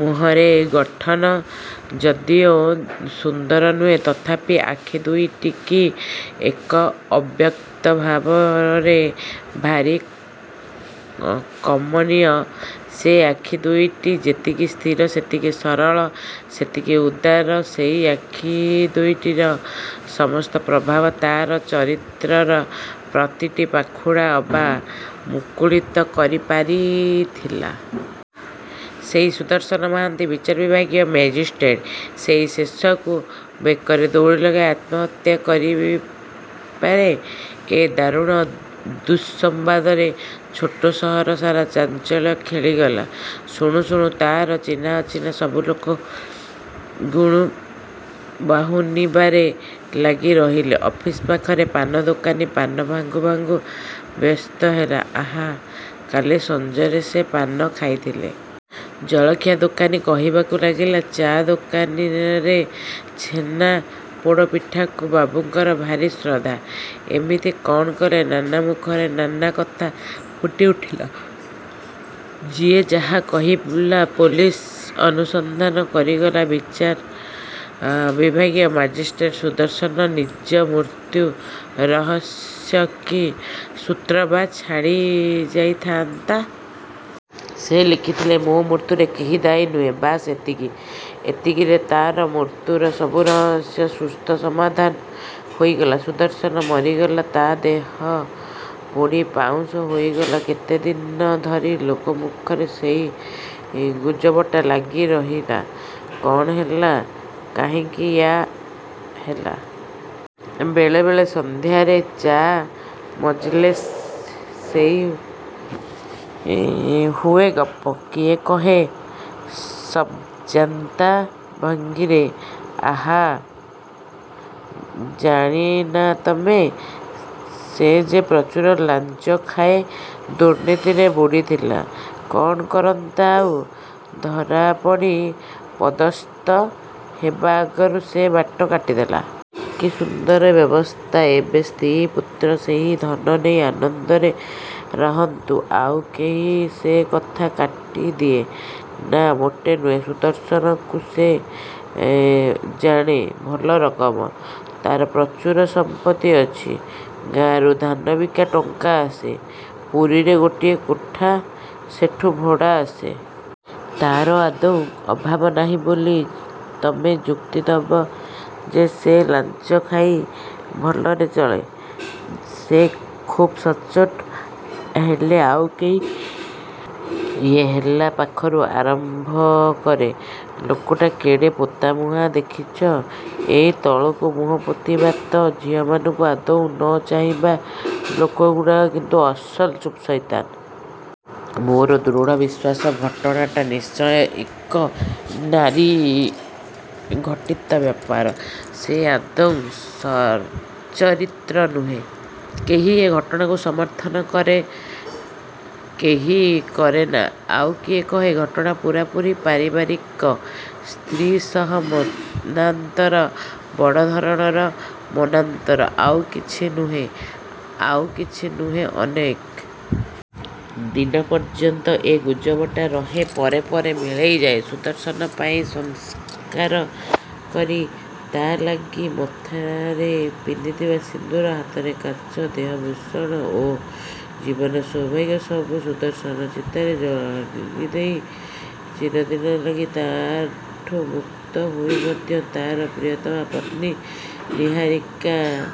ମୁହଁରେ ଗଠନ ଯଦିଓ ସୁନ୍ଦର ନୁହେଁ, ତଥାପି ଆଖି ଦୁଇଟି କି ଏକ ଅବ୍ୟକ୍ତ ଭାବରେ ଭାରି କମନୀୟ! ସେ ଆଖି ଦୁଇଟି ଯେତିକି ସ୍ଥିର, ସେତିକି ସରଳ; ସେତିକି ଉଦାର। ସେଇ ଆଖି ଦୁଇଟିର ସମସ୍ତ ପ୍ରଭାବ ତା ଚରିତ୍ରର ପ୍ରତିଟି ପାଖୁଡ଼ାକୁ ଅବା ମୁକୁଳିତ କରିପାରିଥିଲା। ସେ ସୁଦର୍ଶନ ମହାନ୍ତି, ବିଚାର ବିଭାଗୀୟ ମାଜିଷ୍ଟ୍ରେଟ। ସେଇ ଶେଷକୁ ବେକରେ ଦଉଡ଼ି ଲଗାଇ ଆତ୍ମହତ୍ୟା କରିପାରେ! ଏ ଦାରୁଣ ଦୁଃସମ୍ବାଦରେ ଛୋଟ ସହର ସାରା ଚାଞ୍ଚଲ୍ୟ ଖେଳିଗଲା। ଶୁଣୁ ଶୁଣୁ ତାର ଚିହ୍ନାଅଚିହ୍ନା ସବୁ ଲୋକେ, ଗୁଣ ବାହୁନିବାରେ ଲାଗି ରହିଲେ। ଅଫିସ୍ ପାଖ ପାନଦୋକାନୀ ପାନ ଭାଙ୍ଗୁ ଭାଙ୍ଗୁ ବ୍ୟସ୍ତ ହେଲା "ଆହା, କାଲି ସଞ୍ଜରେ ସେ ପାନ ଖାଇଥିଲେ।" ଜଳଖିଆ ଦୋକାନୀ କହିବାକୁ ଲାଗିଲା, "ଚା' ଦୋକାନରେ ଛେନା ପୋଡ଼ପିଠାକୁ ବାବୁଙ୍କର ଭାରି ଶ୍ରଦ୍ଧା। ଏମିତି କଣ କଲେ?" ନାନା ମୁଖରେ ନାନା କଥା ଫୁଟିଉଠିଲା। ଯିଏ ଯାହା କହିଲା, ପୋଲିସ୍ ଅନୁସନ୍ଧାନ କରିଗଲା, ବିଚାର ବିଭାଗୀୟ ମାଜିଷ୍ଟ୍ରେଟ ସୁଦର୍ଶନ, ନିଜ ମୃତ୍ୟୁ ରହସ୍ୟର କି ସୂତ୍ର ବା ଛାଡ଼ି ଯାଇଥାନ୍ତା? ସେ ଲେଖିଥିଲେ, "ମୋ' ମୃତ୍ୟୁରେ କେହି ଦାୟୀ ନୁହେଁ; ବାସ୍ ଏତିକି।"ଏତିକିରେ ତା'ର ମୃତ୍ୟୁର ସବୁ ରହସ୍ୟର ସୁସ୍ଥ ସମାଧାନ ହୋଇଗଲା। ସୁଦର୍ଶନ ମରିଗଲା। ତାର ଦେହ ପୋଡ଼ି ପାଉଁଶ ହୋଇଗଲା। କେତେ ଦିନ ଧରି ଲୋକମୁଖରେ ସେଇ ଗୁଜବଟା ଲାଗିରହିଲା। କ'ଣ ହେଲା? କାହିଁକି ୟା ହେଲା? ବେଳେ ବେଳେ ସଂଧ୍ୟାର ଚା ମଜଲେସ ସେଇ ହୁଏ ଗପ। କିଏ କହେ ସବ୍‌ଜାନ୍ତା ଭଙ୍ଗୀରେ, "ଆହା ଜାଣି ନା ତମେ, ସେ ଯେ ପ୍ରଚୁର ଲାଞ୍ଚ ଖାଏ, ଦୁର୍ନୀତିରେ ବୁଡ଼ିଥିଲା। କ'ଣ କରନ୍ତା ଆଉ? ଧରାପଡ଼ି ପଦସ୍ଥ ହେବା ଆଗରୁ ସେ ବାଟ କାଟିଦେଲା। କି ସୁନ୍ଦର ବ୍ୟବସ୍ଥା! ଏବେ ସ୍ତ୍ରୀ-ପୁତ୍ର ସେହି ଧନ ନେଇ ଆନନ୍ଦରେ ରହନ୍ତୁ।"ଆଉ କେହି ସେ କଥା କାଟିଦିଏ, "ନାଁ, ମୋଟେ ନୁହେଁ। ସୁଦର୍ଶନକୁ ସେ ଜାଣେ ଭଲ ରକମ। ତାର ପ୍ରଚୁର ସମ୍ପତ୍ତି ଅଛି। ଗାଁରୁ ଧାନ ବିକା ଟଙ୍କା ଆସେ। ପୁରୀରେ ଗୋଟିଏ କୋଠା; ସେଠୁ ଭଡ଼ା ଆସେ। ତାର ଆଦୌ ଅଭାବ ନାହିଁ ବୋଲି ତମେ ଯୁକ୍ତି ଦବ ଯେ ସେ ଲାଞ୍ଚ ଖାଇ ଭଲରେ ଚଳେ? ସେ ଖୁବ୍ ସଚ୍ଚୋଟ। ହେଲେ"ଆଉ କେହି ଇଏ 'ହେଲେ' ପାଖରୁ ଆରମ୍ଭ କରେ, "ଲୋକଟା କେଡ଼େ ପୋତାମୁହାଁ ଦେଖିଚ? ଏ ତଳକୁ ମୁହଁପୋତିବା ଓ ଝିଅମାନଙ୍କୁ ଆଦୌ ନ ଚାହିଁବା ଲୋକଗୁଡ଼ାକ କିନ୍ତୁ ଅସଲ ଚୁପ୍‌ସଇତାନ! ମୋର ଦୃଢ଼ ବିଶ୍ୱାସ, ଘଟଣାଟା ନିଶ୍ଚୟ ଏକ ନାରୀଘଟିତ ବ୍ୟାପାର। ସେ ଆଦୌ ସଚ୍ଚରିତ୍ର ନୁହେଁ।"କେହି ଏ ଘଟଣାକୁ ସମର୍ଥନ କରେ, କେହି କରେ ନାଁ, ଆଉ କିଏ କହେ, "ଘଟଣା ପୂରାପୂରି ପାରିବାରିକ। ସ୍ତ୍ରୀ ସହ ମନାନ୍ତର, ବଡ଼ ଧରଣର ମନାନ୍ତର। ଆଉ କିଛି ନୁହେଁ, ଆଉ କିଛି ନୁହେଁ।"ଅନେକ ଦିନ ପର୍ଯ୍ୟନ୍ତ ଏ ଗୁଜବଟା ରହି ପରେ ପରେ ମିଳେଇଗଲା। ସୁଦର୍ଶନ ପାଇଁ ସଂସ୍କାର କରି, ତା' ଲାଗି ମଥାରେ ପିନ୍ଧିଥିବା ସିନ୍ଦୂର, ହାତର କାଚ, ଦେହର ଭୂଷଣ ଓ ଜୀବନର ସୌଭାଗ୍ୟ ସବୁକୁ ସୁଦର୍ଶନର ଚିତାରେ ଜାଳିଦେଇ ଚିରଦିନ ଲାଗି ତା' ଠୁ ମୁକ୍ତ ହୋଇ ମଧ୍ୟ, ତାର ପ୍ରିୟତମା ପତ୍ନୀ ନିହାରିକାର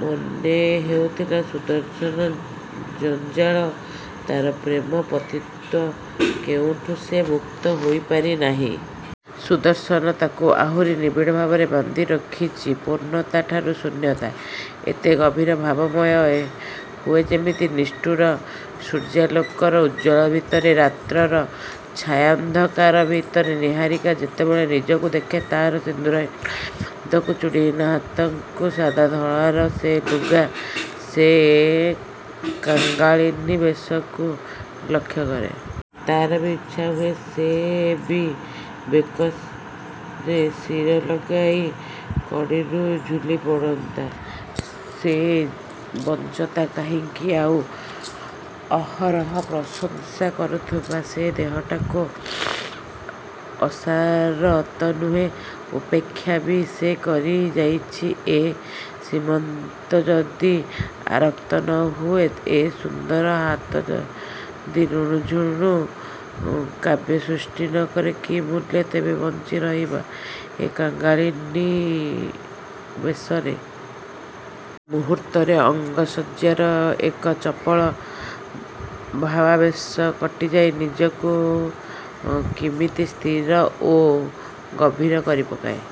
ମନେହେଉଥିଲା, ସୁଦର୍ଶନର ଜଞ୍ଜାଳ, ତାର ପ୍ରେମ, ପତିତ୍ୱ କେଉଁଠୁ ସେ ମୁକ୍ତ ହୋଇପାରିନି। ସୁଦର୍ଶନ ତାକୁ ଆହୁରି ନିବିଡ଼ଭାବେ ବାନ୍ଧି ରଖିଚି। ପୂର୍ଣ୍ଣତା ଠାରୁ ଶୂନ୍ୟତା। ଏତେ ଗଭୀର ଭାବମୟ ହୁଏ କେମିତି? ନିଷ୍ଠୁର ସୂର୍ଯ୍ୟାଲୋକର ଔଜ୍ଜ୍ୱଲ୍ୟ ଭିତରେ, ରାତ୍ରିର ଛାୟାନ୍ଧକାର ଭିତରେ ନିହାରିକା ଯେତେବେଳେ ନିଜକୁ ଦେଖେ, ତାର ସିନ୍ଦୂରହୀନ ସୀମନ୍ତ, ଚୁଡ଼ିହୀନ ହାତ, ସାଧା ଧଳାର ସେ ଲୁଗାର ସେହି କାଙ୍ଗାଳିନୀ ବେଶକୁ ଲକ୍ଷ୍ୟକରେ। ତାର ବି ଇଚ୍ଛା ହୁଏ, ସେ ବି ବେକରେ ରଶି ଲଗାଇ କଡ଼ିରୁ ଝୁଲି ପଡ଼ନ୍ତା। ସେ ବଞ୍ଚନ୍ତା କାହିଁକି ଆଉ? ଅହରହ ପ୍ରଶଂସା କରୁଥିବା ସେ ଦେହଟାକୁ ଅସାର ତ ନୁହଁ, ଉପେକ୍ଷା ବି ସେ କରିଯାଇଚି। ଏ ସୀମନ୍ତ ଯଦି ଆରକ୍ତ ନ ହୁଏ, ଏ ସୁନ୍ଦର ହାତ ଯଦି ରୁଣୁଝୁଣୁ କାବ୍ୟ ସୃଷ୍ଟି ନ କରେ, କି ମୂଲ୍ୟ ତେବେ ବଞ୍ଚିରହିବା ଏହି କାଙ୍ଗାଳିନି ବେଶରେ! ମୁହୂର୍ତ୍ତରେ ଅଙ୍ଗସଜ୍ଜାର ଏକ ଚପଳ ଭାବାବେଶ କଟିଯାଇ ନିଜକୁ କିମିତି ସ୍ଥିର ଓ ଗଭୀର କରିପକାଏ।